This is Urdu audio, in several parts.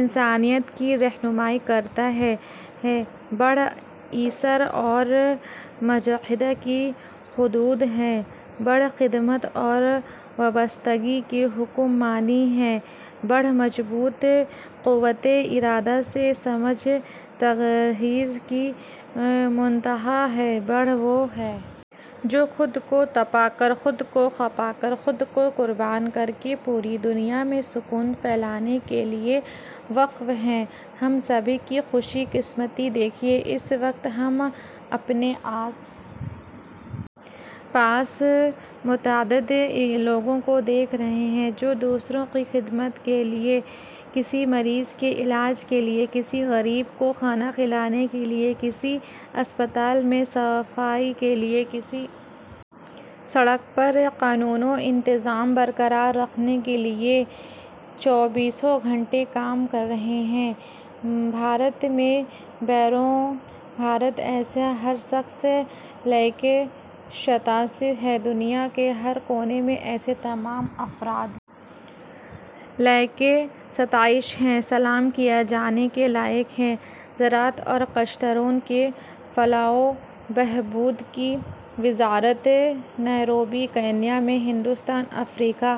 انسانیت کی رہنمائی کرتا ہے بدھ ایثار اور مجاہدے کی حدود ہیں بدھ خدمت اور وابستگی کے ہم معنی ہیں بدھ مضبوط قوت ارادی سے سماجی تغیر کی منتہا ہیں بدھ وہ ہیں جو خود کو تپا کر خود کھپا کر خود کو قربان کر کے پوری دنیا میں سکون پھیلانے کے لیے وقف ہیں ہم سبھی کی خوش قسمتی دیکھیے اس وقت ہم اپنے آس پاس متعدد لوگوں کو دیکھ رہے ہیں جو دوسروں کی خدمت کے لیے کسی مریض کے علاج کے لیے کسی غریب کو کھانا کھلانے کے لیے کسی اسپتال میں صفائی کے لیے کسی سڑک پر قانون و انتظام برقرار رکھنے کے لیے چوبیسوں گھنٹے کام کر رہے ہیں بھارت میں بیرون بھارت ایسا ہر شخص لائق ستائش ہے دنیا کے ہر کونے میں ایسے تمام افراد لائق ستائش ہیں سلام کیے جانے کے لائق ہیں زراعت اور کاشتکاروں کی فلاح و بہبود کی وزارت نیروبی کینیا میں ہندوستان افریقہ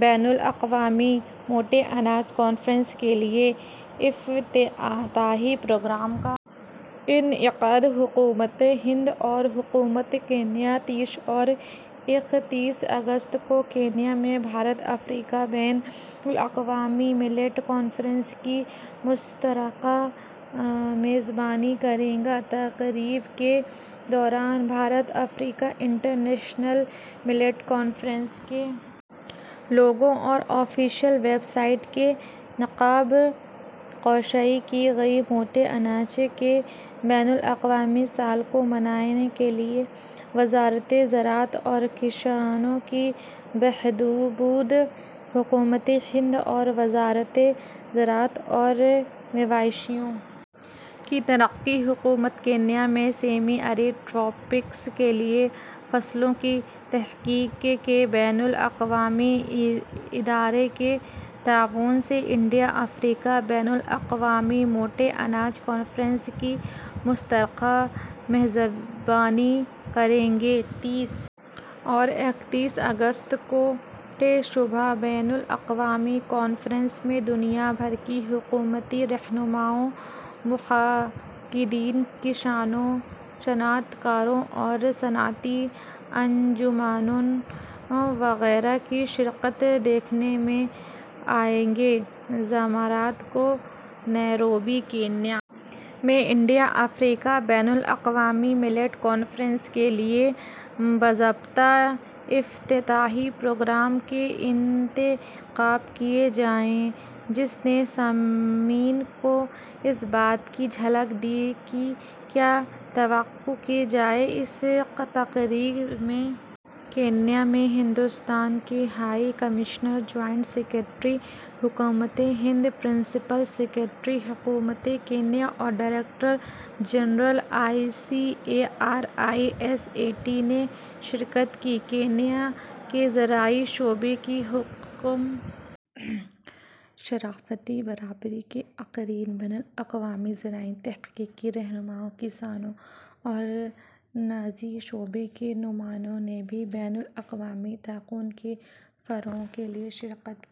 بین الاقوامی موٹے اناج کانفرنس کے لیے افتتاحی پروگرام کا انعقاد حکومت ہند اور حکومت کینیا تیس اور اکتیس اگست کو کینیا میں بھارت افریقہ بین الاقوامی ملیٹ کانفرنس کی مشترکہ میزبانی کریں گے تقریب کے دوران بھارت افریقہ انٹرنیشنل ملیٹ کانفرنس کے لوگو اور آفیشل ویب سائٹ کی نقاب کشائی کی گئی موٹے اناج کے بین الاقوامی سال کو منانے کے لیے وزارت زراعت اور کسانوں کی بہبود حکومت ہند اور وزارت زراعت اور مویشیوں کی ترقی حکومت کینیا میں سیمی ایرڈ ٹراپکس کے لیے فصلوں کی تحقیق کے بین الاقوامی ادارے کے تعاون سے انڈیا افریقہ بین الاقوامی موٹے اناج کانفرنس کی مشترکہ میزبانی کریں گی تیس اور اکتیس اگست کو طے شدہ بین الاقوامی کانفرنس میں دنیا بھر سے حکومتی رہنماؤں محققین کسانوں صنعت کاروں اور صنعتی انجمنوں وغیرہ کی شرکت دیکھنے میں آئے گی جمعرات کو نیروبی کینیا میں انڈیا افریقہ بین الاقوامی ملیٹ کانفرنس کے لیے باضابطہ افتتاحی پروگرام کا انعقاد کیا گیا جس نے سامعین کو اس بات کی جھلک دی کہ کیا توقع کی جائے اس تقریب میں کینیا میں ہندوستان کے ہائی کمشنر جوائنٹ سکریٹری حکومت ہند پرنسپل سکریٹری حکومت کینیا اور director general I C R I S A T نے شرکت کی کینیا کے زرعی شعبے کے حکام سفارتی برادری کے اراکین بین الاقوامی زرعی تحقیقی رہنماؤں کسانوں اور نجی شعبے کے نمائندوں نے بھی بین الاقوامی تعاون کے فروغ کے لیے شرکت کی